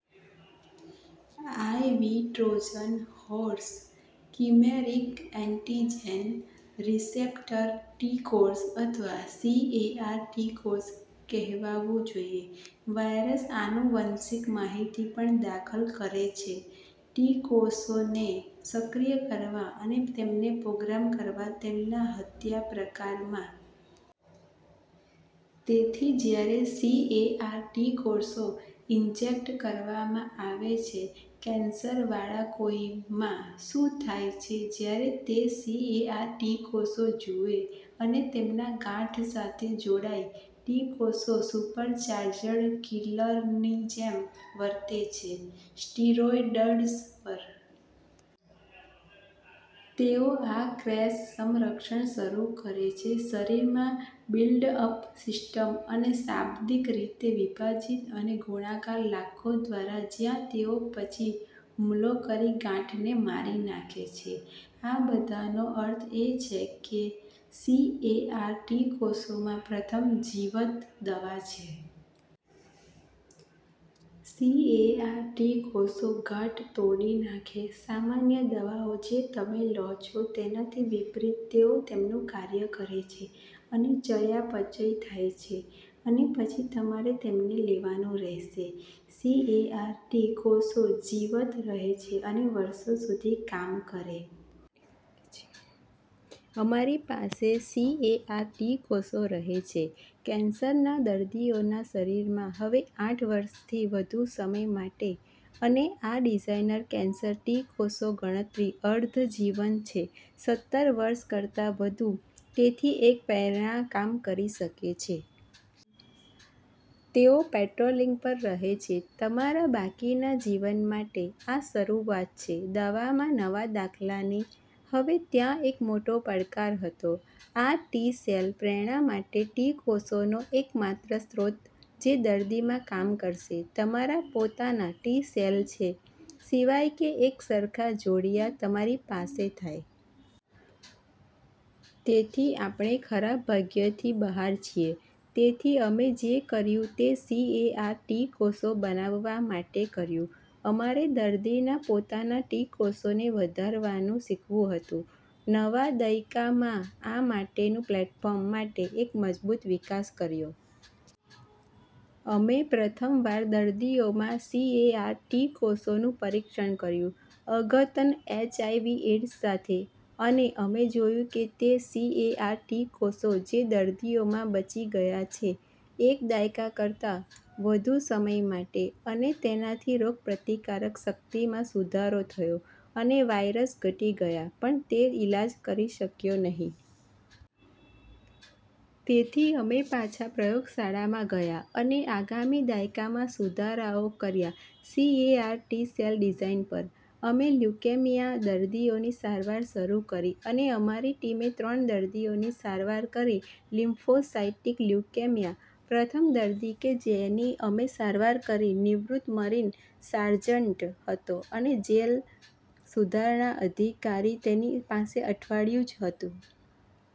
આય વી Trojan horse "chimeric antigen", "receptor T કોષ" અથવા સીએઆર ટી કોષ કહેવાવું જોઈએ. વાયરસ આનુવંશિક માહિતી પણ દાખલ કરે છે ટી કોષોને સક્રિય કરવા અને તેમને પ્રોગ્રામ કરવા તેમના હત્યા પ્રકારમાં. તેથી, જ્યારે સીએઆર ટી કોષો ઇન્જેક્ટ કરવામાં આવે છે કેન્સરવાળા કોઈમાં, શું થાય છે જ્યારે તે સીએઆર ટી કોષો જુએ અને તેમના ગાંઠ સાથે જોડાય ટી કોષો સુપરચાર્જ્ડ કિલરની જેમ વર્તે છે સ્ટીરોઇડ્સ પર. તેઓ આ ક્રેશ-સંરક્ષણ શરૂ કરે છે શરીરમાં બિલ્ડઅપ સિસ્ટમ અને શાબ્દિક રીતે વિભાજીત અને ગુણાકાર લાખો દ્વારા જ્યાં તેઓ પછી હુમલો કરી ગાંઠને મારી નાખે છે. આ બધાનો અર્થ એ છે કે સીએઆર ટી કોષોમાં પ્રથમ જીવંત દવા છે. સીએઆર ટી કોષો ઘાટ તોડી નાખે. સામાન્ય દવાઓ જે તમે લો છો તેનાથી વિપરીત તેઓ તેમનું કાર્ય કરે છે અને ચયાપચય થાય છે અને પછી તમારે તેમને લેવાનું રહેશે. સીએઆર ટી કોષો જીવંત રહે છે અને વર્ષો સુધી કામ કરે. અમારી પાસે સીએઆર ટી કોષો રહે છે કેન્સરના દર્દીઓના શરીરમાં હવે આઠ વર્ષથી વધુ સમય માટે. અને આ ડિઝાઇનર કેન્સર ટી કોષો ગણતરી અર્ધ જીવન છે સત્તર વર્ષ કરતાં વધુ. તેથી એક પ્રેરણા કામ કરી શકે છે. તેઓ પેટ્રોલીંગ પર રહે છે તમારા બાકીના જીવન માટે. આ શરૂઆત છે દવામાં નવા દાખલાની. હવે, ત્યાં એક મોટો પડકાર હતો આ ટી-સેલ પ્રેરણા માટે. ટી કોષોનો એક માત્ર સ્રોત જે દર્દીમાં કામ કરશે તમારા પોતાના ટી સેલ છે સિવાય કે એક સરખા જોડિયા તમારી પાસે થાય. તેથી આપણે ખરાબ ભાગ્યથી બહાર છીએ. તેથી અમે જે કર્યું તે સીએઆર ટી કોષો બનાવવા માટે કર્યું. અમારે દર્દીના પોતાના ટી કોષોને વધારવાનું શીખવું હતું. નવા દયકામાં આ માટેનું પ્લેટૉર્મ માટે એક મજબૂત વિકાસ કર્યો. અમે પ્રથમ વાર દર્દીઓમાં સીએઆર ટી કોષોનું પરીક્ષણ કર્યું અદ્યતન એચઆયવી એડ્સ સાથે અને અમે જોયું કે તે સીએઆર ટી કોષો જે દર્દીઓમાં બચી ગયા છે એક દાયકા કરતાં વધુ સમય માટે. અને તેનાથી રોગપ્રતિકારક શક્તિમાં સુધારો થયો અને વાયરસ ઘટી ગયા પણ તે ઇલાજ કરી શક્યો નહીં. તેથી અમે પાછા પ્રયોગશાળામાં ગયા અને આગામી દાયકામાં સુધારાઓ કર્યા સીએઆર ટી સેલ ડિઝાઇન પર. અમે લ્યુકેમિયા દર્દીઓની સારવાર શરૂ કરી અને અમારી ટીમે ત્રણ દર્દીઓની સારવાર કરી લિમ્ફોસાઇટિક લ્યુકેમિયા. પ્રથમ દર્દી કે જેની અમે સારવાર કરી નિવૃત્ત મરીન સાર્જન્ટ હતો અને જેલ સુધારણા અધિકારી તેની પાસે અઠવાડિયુ જ હતું.